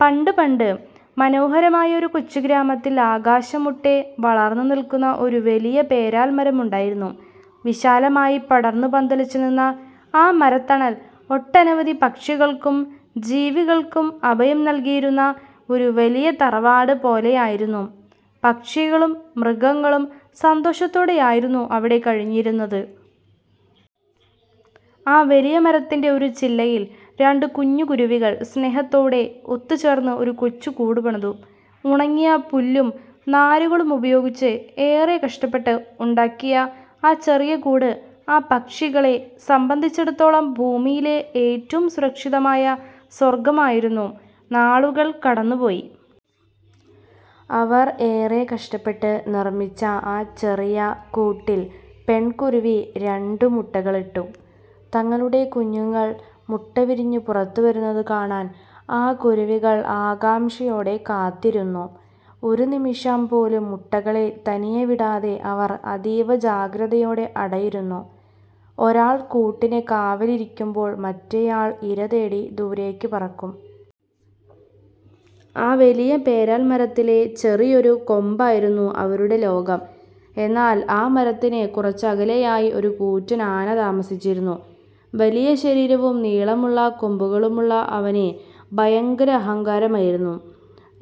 പണ്ട് പണ്ട് മനോഹരമായ ഒരു കൊച്ചു ഗ്രാമത്തിൽ, ആകാശമുട്ടേ വളർന്നു നിൽക്കുന്ന ഒരു വലിയ പേരാൽമരം ഉണ്ടായിരുന്നു. വിശാലമായി പടർന്നു പന്തലിച്ചു നിന്ന ആ മരത്തണൽ ഒട്ടനവധി പക്ഷികൾക്കും ജീവികൾക്കും അഭയം നൽകിയിരുന്ന ഒരു വലിയ തറവാട് പോലെയായിരുന്നു. പക്ഷികളും മൃഗങ്ങളും സന്തോഷത്തോടെയായിരുന്നു അവിടെ കഴിഞ്ഞിരുന്നത്. ആ വലിയ മരത്തിന്റെ ഒരു ചില്ലയിൽ, രണ്ട് കുഞ്ഞു കുരുവികൾ സ്നേഹത്തോടെ ഒത്തുചേർന്ന് ഒരു കൊച്ചു കൂട് പണിതു. ഉണങ്ങിയ പുല്ലും നാരുകളും ഉപയോഗിച്ച് ഏറെ കഷ്ടപ്പെട്ട് ഉണ്ടാക്കിയ ആ ചെറിയ കൂട് ആ പക്ഷികളെ സംബന്ധിച്ചിടത്തോളം ഭൂമിയിലെ ഏറ്റവും സുരക്ഷിതമായ സ്വർഗമായിരുന്നു. നാളുകൾ കടന്നുപോയി. അവർ ഏറെ കഷ്ടപ്പെട്ട് നിർമ്മിച്ച ആ ചെറിയ കൂട്ടിൽ പെൺകുരുവി രണ്ടു മുട്ടകളിട്ടു. തങ്ങളുടെ കുഞ്ഞുങ്ങൾ മുട്ട വിരിഞ്ഞു പുറത്തുവരുന്നത് കാണാൻ ആ കുരുവികൾ ആകാംക്ഷയോടെ കാത്തിരുന്നു. ഒരു നിമിഷം പോലും മുട്ടകളെ തനിയെ വിടാതെ അവർ അതീവ ജാഗ്രതയോടെ അടയിരുന്നു. ഒരാൾ കൂട്ടിന് കാവലിരിക്കുമ്പോൾ, മറ്റേയാൾ ഇര തേടി ദൂരേക്ക് പറക്കും. ആ വലിയ പേരാൽമരത്തിലെ ചെറിയൊരു കൊമ്പായിരുന്നു അവരുടെ ലോകം. എന്നാൽ, ആ മരത്തിന് കുറച്ചകലെയായി ഒരു കൂറ്റൻ ആന താമസിച്ചിരുന്നു. വലിയ ശരീരവും നീളമുള്ള കൊമ്പുകളുമുള്ള അവന് ഭയങ്കര അഹങ്കാരമായിരുന്നു.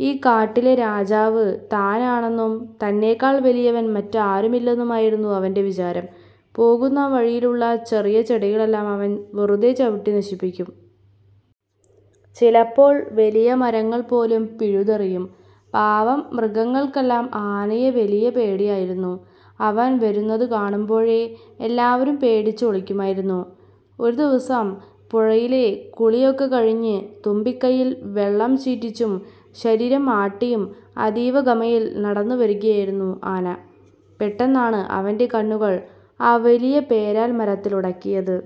ഈ കാട്ടിലെ രാജാവ് താനാണെന്നും തന്നെക്കാൾ വലിയവൻ മറ്റാരുമില്ലെന്നുമായിരുന്നു അവന്റെ വിചാരം. പോകുന്ന വഴിയിലുള്ള ചെറിയ ചെടികളെല്ലാം അവൻ വെറുതെ ചവിട്ടി നശിപ്പിക്കും. ചിലപ്പോൾ വലിയ മരങ്ങൾ പോലും പിഴുതെറിയും. പാവം മൃഗങ്ങൾക്കെല്ലാം ആനയെ വലിയ പേടിയായിരുന്നു. അവൻ വരുന്നതു കാണുമ്പോഴേ എല്ലാവരും പേടിച്ച് ഒളിക്കുമായിരുന്നു. ഒരു ദിവസം പുഴയിലെ കുളിയൊക്കെ കഴിഞ്ഞ്, തുമ്പിക്കൈയിൽ വെള്ളം ചീറ്റിച്ചും ശരീരം ആട്ടിയും അതീവ ഗമയിൽ നടന്നു വരികയായിരുന്നു ആന. പെട്ടെന്നാണ് അവന്റെ കണ്ണുകൾ ആ വലിയ പേരാൽമരത്തിൽ ഉടക്കിയത്.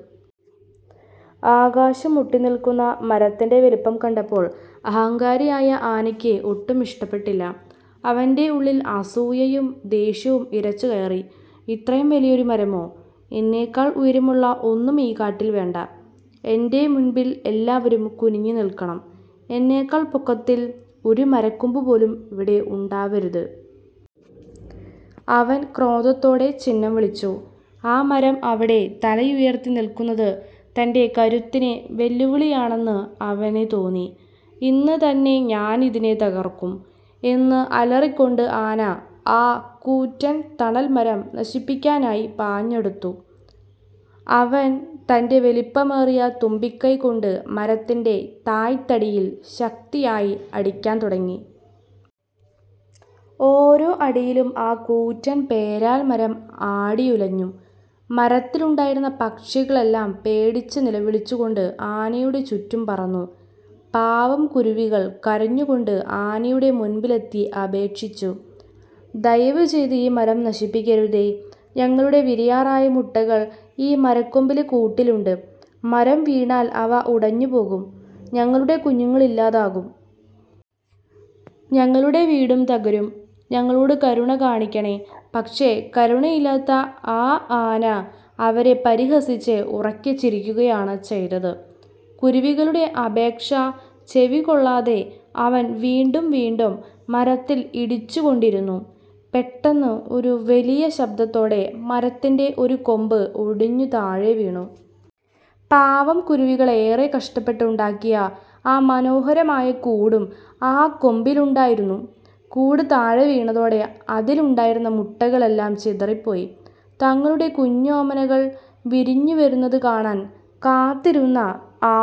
ആകാശം മുട്ടി നിൽക്കുന്ന മരത്തിന്റെ വലിപ്പം കണ്ടപ്പോൾ അഹങ്കാരിയായ ആനയ്ക്ക് ഒട്ടും ഇഷ്ടപ്പെട്ടില്ല. അവന്റെ ഉള്ളിൽ അസൂയയും ദേഷ്യവും ഇരച്ചു കയറി. ഇത്രയും വലിയൊരു മരമോ? എന്നെക്കാൾ ഉയരമുള്ള ഒന്നും ഈ കാട്ടിൽ വേണ്ട! എന്റെ മുൻപിൽ എല്ലാവരും കുനിഞ്ഞു നിൽക്കണം. എന്നെക്കാൾ പൊക്കത്തിൽ ഒരു മരക്കൊമ്പുപോലും ഇവിടെ ഉണ്ടാവരുത്! " അവൻ ക്രോധത്തോടെ ചിന്നംവിളിച്ചു. ആ മരം അവിടെ തലയുയർത്തി നിൽക്കുന്നത് തന്റെ കരുത്തിന് വെല്ലുവിളിയാണെന്ന് അവന് തോന്നി. "ഇന്ന് തന്നെ ഞാൻ ഇതിനെ തകർക്കും! " എന്ന് അലറിക്കൊണ്ട്, ആന ആ കൂറ്റൻ തണൽമരം നശിപ്പിക്കാനായി പാഞ്ഞടുത്തു. അവൻ തന്റെ വലിപ്പമേറിയ തുമ്പിക്കൈ കൊണ്ട് മരത്തിന്റെ തായ്ത്തടിയിൽ ശക്തിയായി അടിക്കാൻ തുടങ്ങി. ഓരോ അടിയിലും ആ കൂറ്റൻ പേരാൽമരം ആടിയുലഞ്ഞു. മരത്തിലുണ്ടായിരുന്ന പക്ഷികളെല്ലാം പേടിച്ച് നിലവിളിച്ചു കൊണ്ട് ആനയുടെ ചുറ്റും പറന്നു. പാവം കുരുവികൾ കരഞ്ഞു കൊണ്ട് ആനയുടെ മുൻപിലെത്തി അപേക്ഷിച്ചു: "ദയവുചെയ്ത് ഈ മരം നശിപ്പിക്കരുതേ! ഞങ്ങളുടെ വിരിയാറായ മുട്ടകൾ ഈ മരക്കൊമ്പിലെ കൂട്ടിലുണ്ട്. മരം വീണാൽ അവ ഉടഞ്ഞുപോകും, ഞങ്ങളുടെ കുഞ്ഞുങ്ങൾ ഇല്ലാതാകും. ഞങ്ങളുടെ വീടും തകരും. ഞങ്ങളോട് കരുണ കാണിക്കണേ. " പക്ഷേ, കരുണയില്ലാത്ത ആ ആന അവരെ പരിഹസിച്ച് ഉറക്കെ ചിരിക്കുകയാണ് ചെയ്തത്. കുരുവികളുടെ അപേക്ഷ ചെവിക്കൊള്ളാതെ അവൻ വീണ്ടും വീണ്ടും മരത്തിൽ ഇടിച്ചു കൊണ്ടിരുന്നു. പെട്ടെന്ന്, ഒരു വലിയ ശബ്ദത്തോടെ മരത്തിന്റെ ഒരു കൊമ്പ് ഒടിഞ്ഞു താഴെ വീണു. പാവം കുരുവികൾ ഏറെ കഷ്ടപ്പെട്ട് ഉണ്ടാക്കിയ ആ മനോഹരമായ കൂടും ആ കൊമ്പിലുണ്ടായിരുന്നു. കൂട് താഴെ വീണതോടെ അതിലുണ്ടായിരുന്ന മുട്ടകളെല്ലാം ചിതറിപ്പോയി. തങ്ങളുടെ കുഞ്ഞോമനകൾ വിരിഞ്ഞുവരുന്നത് കാണാൻ കാത്തിരുന്ന ആ